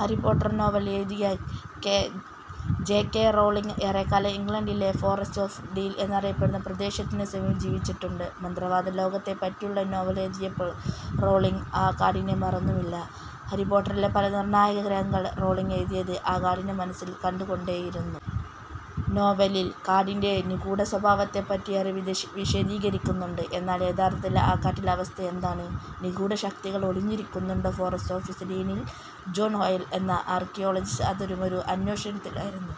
Harry Potter novel എഴുതിയ J. K Rowling ഏറെക്കാലം ഇംഗ്ലണ്ടിലെ ഫോറസ്റ്റ് ഓഫ് ഡീൻ എന്നറിയപ്പെടുന്ന പ്രദേശത്തിനു സമീപം ജീവിച്ചിട്ടുണ്ട്. മന്ത്രവാദ ലോകത്തെപ്പറ്റിയുള്ള നോവൽ എഴുതിയപ്പോൾ റൗളിങ് ആ കാടിനെ മറന്നുമില്ല. ഹാരിപോട്ടറിലെ പല നിർണായക രംഗങ്ങളും റൗളിങ് എഴുതിയത് ആ കാടിനെ മനസ്സിൽ കണ്ടുകൊണ്ടായിരുന്നു. നോവലിൽ കാടിന്‍റെ നിഗൂഢ സ്വഭാവത്തെപ്പറ്റി ഏറെ വിശദീകരിക്കുന്നുണ്ട്. എന്നാൽ യഥാർഥത്തിൽ ആ കാട്ടിലെ അവസ്ഥ എന്താണ്? നിഗൂഢ ശക്തികൾ ഒളിഞ്ഞിരിക്കുന്നുണ്ടോ ഫോറസ്റ്റ് ഓഫ് ഡീനിൽ? ജോൺ ഹോയ്ൽ എന്ന ആർക്കിയോളജിസ്റ്റ് അത്തരമൊരു അന്വേഷണത്തിലായിരുന്നു.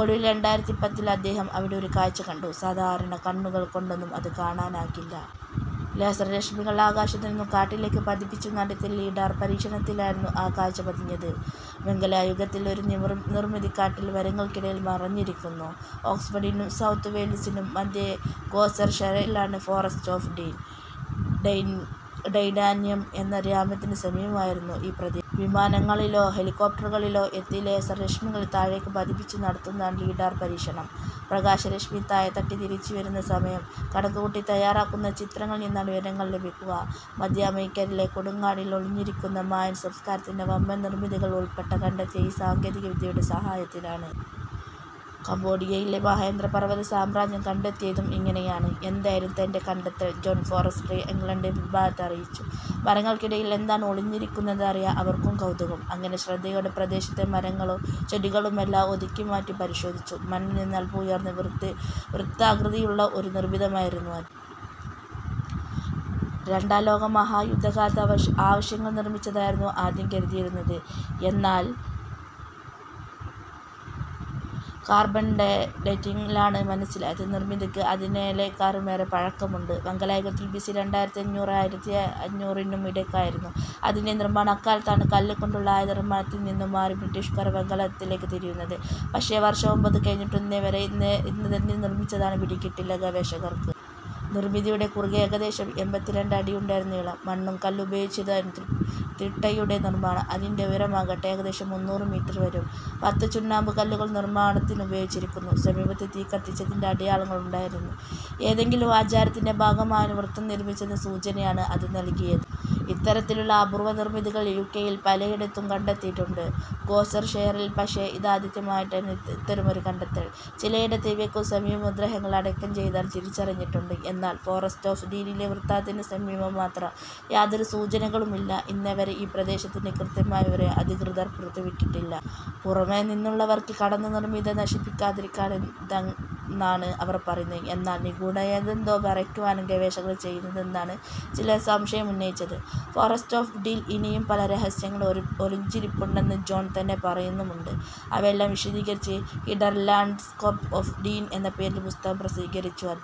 ഒടുവിൽ രണ്ടായിരത്തി പത്തിൽ അദ്ദേഹം അവിടെ ഒരു കാഴ്ച കണ്ടു. സാധാരണ കണ്ണുകള്‍ കൊണ്ടൊന്നും അതു കാണാനാകില്ല. ലേസർ രശ്മികൾ ആകാശത്തു നിന്നു കാട്ടിലേക്കു പതിപ്പിച്ചു നടത്തിയ ലിഡാർ പരീക്ഷണത്തിലായിരുന്നു ആ കാഴ്ച പതിഞ്ഞത് – വെങ്കലയുഗത്തിലെ ഒരു നിർമിതി, കാട്ടിൽ മരങ്ങൾക്കിടയിൽ മറഞ്ഞിരിക്കുന്നു! ഓക്സ്ഫഡിനും സൗത്ത് വെയിൽസിനും മധ്യേ ഗ്ലോസ്റ്റർഷയറിലാണ് ഫോറസ്റ്റ് ഓഫ് ഡീൻ. ടൈഡെന്യാം എന്ന ഗ്രാമത്തിനു സമീപമായിരുന്നു ഈ പ്രദേശം. വിമാനങ്ങളിലോ ഹെലികോപ്ടറുകളിലോ എത്തി ലേസർ രശ്മികൾ താഴേക്കു പതിപ്പിച്ചു നടത്തുന്നതാണ് ലിഡാർ പരീക്ഷണം. പ്രകാശരശ്മി താഴെത്തട്ടി തിരിച്ചു വരുന്ന സമയം കണക്കുകൂട്ടി തയാറാക്കുന്ന ചിത്രങ്ങളിൽ നിന്നാണ് വിവരങ്ങൾ ലഭിക്കുക. മധ്യ അമേരിക്കയിലെ കൊടുങ്കാടുകളിൽ ഒളിഞ്ഞിരുന്ന മായൻ സംസ്കാരത്തിന്റെ വമ്പൻ നിർമിതികൾ ഉൾപ്പെടെ കണ്ടെത്തിയത് ഈ സാങ്കേതിക വിദ്യയുടെ സഹായത്താലാണ്. കംബോഡിയയിലെ മഹേന്ദ്ര പർവത സാമ്രാജ്യം കണ്ടെത്തിയതും ഇങ്ങനെയാണ്. എന്തായാലും തന്റെ കണ്ടെത്തൽ ജോൺ ഫോറസ്ട്രി ഇംഗ്ലണ്ട് വിഭാഗത്തെ അറിയിച്ചു. മരങ്ങൾക്കിടയിൽ എന്താണ് ഒളിച്ചിരിക്കുന്നതെന്നറിയാൻ അവർക്കും കൗതുകം. അങ്ങനെ ശ്രദ്ധയോടെ പ്രദേശത്തെ മരങ്ങളും ചെടികളുമെല്ലാം ഒതുക്കിമാറ്റി പരിശോധിച്ചു. മണ്ണിൽ നിന്ന് അൽപം ഉയർന്ന് വൃത്താകൃതിയിലുള്ള ഒരു നിർമിതിയായിരുന്നു അത്. രണ്ടാം ലോകമഹായുദ്ധകാലത്തെ ആവശ്യങ്ങൾക്കു നിർമിച്ചതെന്നായിരുന്നു ആദ്യം കരുതിയിരുന്നത്. എന്നാൽ കാർബൺ ഡേറ്റിങ്ങിലാണ് മനസ്സിലായത് – നിർമിതിക്ക് അതിനേക്കാളുമേറെ പഴക്കമുണ്ട്. വെങ്കലയുഗത്തിൽ, ബിസി രണ്ടായിരത്തിഅഞ്ഞൂറിനും ആയിറത്തിയഞ്ഞൂറിനും ഇടയ്ക്കായിരുന്നും അതിന്‍റെ നിർമാണം. അക്കാലത്താണ് കല്ലു കൊണ്ടുള്ള ആയുധ നിർമാണത്തിൽ നിന്നു മാറി ബ്രിട്ടിഷുകാർ വെങ്കലത്തിലേക്കു തിരിയുന്നത്. പക്ഷേ വർഷം ഒൻപതു കഴിഞ്ഞിട്ടും ഇന്നേവരെ ഇതെന്തിനു നിർമിച്ചതാണെന്നു പിടികിട്ടിയിട്ടില്ല ഗവേഷകര്‍ക്ക്. നിർമിതിയുടെ കുറുകെ ഏകദേശം എമ്പത്തി രണ്ട് അടിയുണ്ടായിരുന്നു നീളം. മണ്ണും കല്ലും ഉപയോഗിച്ചായിരുന്നു തിട്ടയുടെ നിർമാണം. അതിന്‍റെ ഉയരമാകട്ടെ ഏകദേശം മൂന്നു മീറ്റർ വരും. പത്ത് ചുണ്ണാമ്പുകല്ലുകളും നിർമാണത്തിന് ഉപയോഗിച്ചിരുന്നു. സമീപത്ത് തീ കത്തിച്ചതിന്‍റെ അടയാളങ്ങളും ഉണ്ടായിരുന്നു. ഏതെങ്കിലും ആചാരത്തിന്‍റെ ഭാഗമായാണ് വൃത്തം നിർമിച്ചതെന്ന സൂചനയാണ് അതു നല്കിയത്. ഇത്തരത്തിലുള്ള അപൂർവ നിർമിതികൾ യുകെയിൽ പലയിടത്തും കണ്ടെത്തിയിട്ടുണ്ട്. ഗ്ലോസ്റ്റർഷയറിൽ പക്ഷേ ഇതാദ്യമായിട്ടായിരുന്നു ഇത്തരമൊരു കണ്ടെത്തൽ. ചിലയിടത്ത് ഇവയ്ക്കു സമീപം മൃതദേഹങ്ങൾ അടക്കം ചെയ്തതും തിരിച്ചറിഞ്ഞിട്ടുണ്ട്. എന്നാൽ ഫോറസ്റ്റ് ഓഫ് ഡീനിലെ വൃത്തത്തിനു സമീപം മാത്രം യാതൊരു സൂചനകളുമില്ല. ഇന്നേവരെ ഈ പ്രദേശത്തിന്‍റെ കൃത്യമായ വിവരം അധികൃതർ പുറത്തുവിട്ടിട്ടില്ല. പുറമെ നിന്നുള്ളവർ കടന്ന് നിർമിതി നശിപ്പിക്കാതിരിക്കാനാണിതെന്നാണ് അവർ പറയുന്നത്. എന്നാൽ നിഗൂഢമായതെന്തോ മറയ്ക്കുകയാണു ഗവേഷകർ ചെയ്യുന്നതെന്നാണ് ചിലർ സംശയമുന്നയിച്ചത്. ഫോറസ്റ്റ് ഓഫ് ഡീനിൽ ഇനിയും പല രഹസ്യങ്ങളും ഒളിച്ചിരിപ്പുണ്ടെന്ന് ജോൺ തന്നെ പറയുന്നുമുണ്ട്. അവയെല്ലാം വിശദീകരിച്ച് ' ഹിഡൻ ലാൻഡ്സ്കേപ്സ് ഓഫ് ഡീൻ ' എന്ന പേരിൽ പുസ്തകവും പ്രസിദ്ധീകരിച്ചു അദ്ദേഹം.